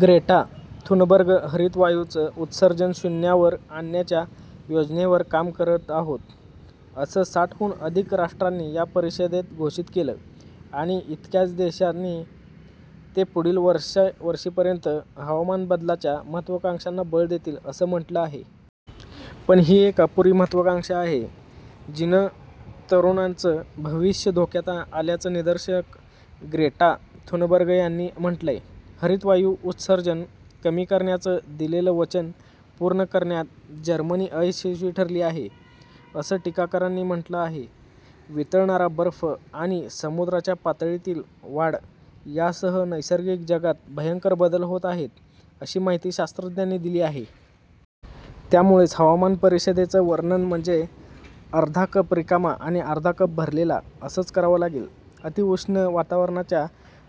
Greta Thunberg हरितवायूंचं उत्सर्जन शून्यावर आणण्याच्या योजनेवर काम करत आहोत, असं साठ हून अधिक राष्ट्रांनी या परिषदेत घोषित केलं. आणि इतक्याच देशांनी ते पुढील वर्षीपर्यंत हवामान बदलाच्या महत्त्वाकांक्षांना बळ देतील, असं म्हटलं आहे. पण, ही एक अपुरी महत्त्वाकांक्षा आहे, जिनं तरुणांचं भविष्य धोक्यात आल्याचं निदर्शक ग्रेटा थुनबर्ग यांनी म्हटलंय. हरितवायू उत्सर्जन कमी करण्याचं दिलेलं वचन पूर्ण करण्यात जर्मनी अयशस्वी ठरली आहे, असं टीकाकारांनी म्हटलं आहे. वितळणारा बर्फ आणि समुद्राच्या पातळीतील वाढ यासह नैसर्गिक जगात भयंकर बदल होत आहेत, अशी माहिती शास्त्रज्ञांनी दिली आहे. त्यामुळेच हवामान परिषदेचं वर्णन म्हणजे अर्धा कप रिकामा आणि अर्धा कप भरलेला, असंच करावं लागेल. अतिउष्ण वातावरणाच्या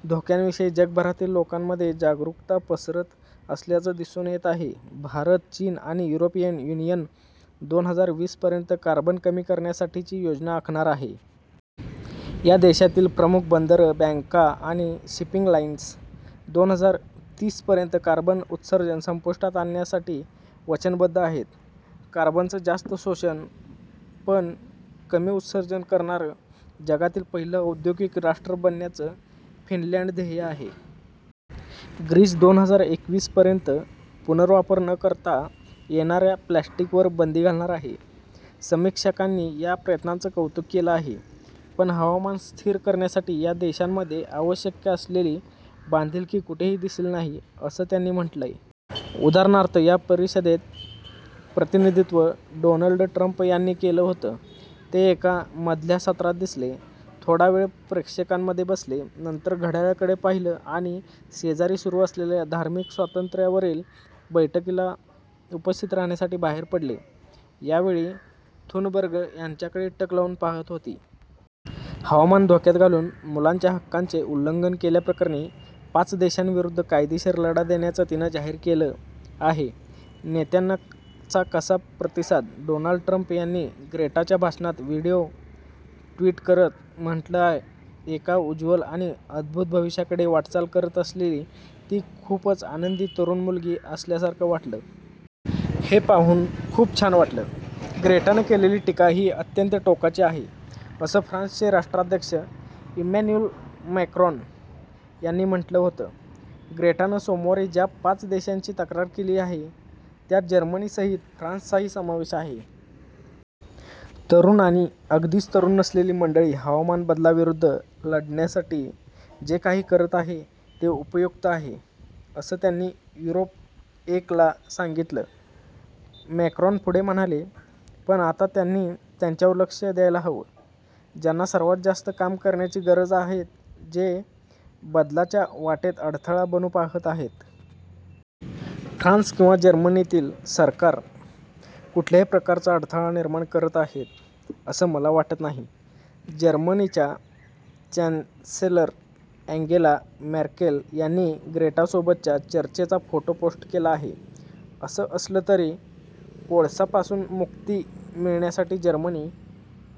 धोक्यांविषयी जगभरातील लोकांमध्ये जागरुकता पसरत असल्याचं दिसून येत आहे. भारत, चीन आणि युरोपियन यूनियन दोन हजार वीस पर्यंत कार्बन कमी करण्यासाठीची योजना आखणार आहे. या देशांतील प्रमुख बंदरं, बँका आणि शिपिंग लाईन्स दोन हजार तीस पर्यंत कार्बन उत्सर्जन संपुष्टात आणण्यासाठी वचनबद्ध आहेत. कार्बनचं जास्त शोषण, पण कमी उत्सर्जन करणारं जगातील पहिलं औद्योगिक राष्ट्र बनण्याचं फिनलँड ध्येय आहे. ग्रीस दोन हजार एकवीस पर्यंत पुनर्वापर न करता येणाऱ्या प्लास्टिकवर बंदी घालणार आहे. समीक्षकांनी या प्रयत्नांचं कौतुक केलं आहे, पण हवामान स्थिर करण्यासाठी या देशांमध्ये आवश्यक असलेली बांधिलकी कुठेही दिसली नाही, असं त्यांनी म्हटलंय. उदाहरणार्थ या परिषदेत प्रतिनिधित्व डोनल्ड ट्रंप यांनी केलं होतं. ते एका मधल्या सत्रात दिसले, थोडा वेळ प्रेक्षकांमध्ये बसले, नंतर घड्याळाकडे पाहिलं आणि शेजारी सुरू असलेल्या धार्मिक स्वातंत्र्यावरील बैठकीला उपस्थित राहाण्यासाठी बाहेर पडले. यावेळी थुनबर्ग त्यांच्याकडे टक लावून पाहत होती. हवामान धोक्यात घालून मुलांच्या हक्कांचे उल्लंघन केल्याप्रकरणी पाच देशांविरूद्ध कायदेशीर लढा देण्याचं तिनं जाहीर केलं आहे. नेत्यांचा कसा प्रतिसाद? डोनाल्ड ट्रंप यांनी ग्रेटाच्या भाषणाचा व्हीडिओ ट्वीट करत म्हटलं एका उज्ज्वल आणि अद्भुत भविष्याकडे वाटचाल करत असलेली ती खूपच आनंदी तरुण मुलगी असल्यासारखं वाटलं. हे पाहून खूप छान वाटलं! ग्रेटानं केलेली टीका ही अत्यंत टोकाची आहे असं फ्रान्सचे राष्ट्राध्यक्ष इमॅन्युल मॅक्रॉन यांनी म्हटलं होतं. ग्रेटानं सोमवारी ज्या पाच देशांची तक्रार केली आहे त्यात जर्मनीसहित फ्रान्सचाही समावेश आहे. तरुण आणि अगदीच तरुण नसलेली मंडळी हवामान बदलाविरुद्ध लढण्यासाठी जे काही करत आहे ते उपयुक्त आहे, असं त्यांनी युरोप-एक ला सांगितलं. मॅक्रॉन पुढे म्हणाले, पण आता त्यांनी त्यांच्यावर लक्ष द्यायला हवं, ज्यांना सर्वांत जास्त काम करण्याची गरज आहेजे या बदलाच्या वाटेत अडथळा बनू पाहत आहेत. फ्रान्स किंवा जर्मनीतील सरकारं कुठल्याही प्रकारचा अडथळा निर्माण करत आहेत असं मला वाटत नाही. जर्मनीच्या चॅन्सेलर अँगेला मर्केल यांनी ग्रेटासोबतच्या चर्चेचा फोटो पोस्ट केला आहे. असं असलं तरी, कोळसापासून मुक्ती मिळण्यासाठी जर्मनी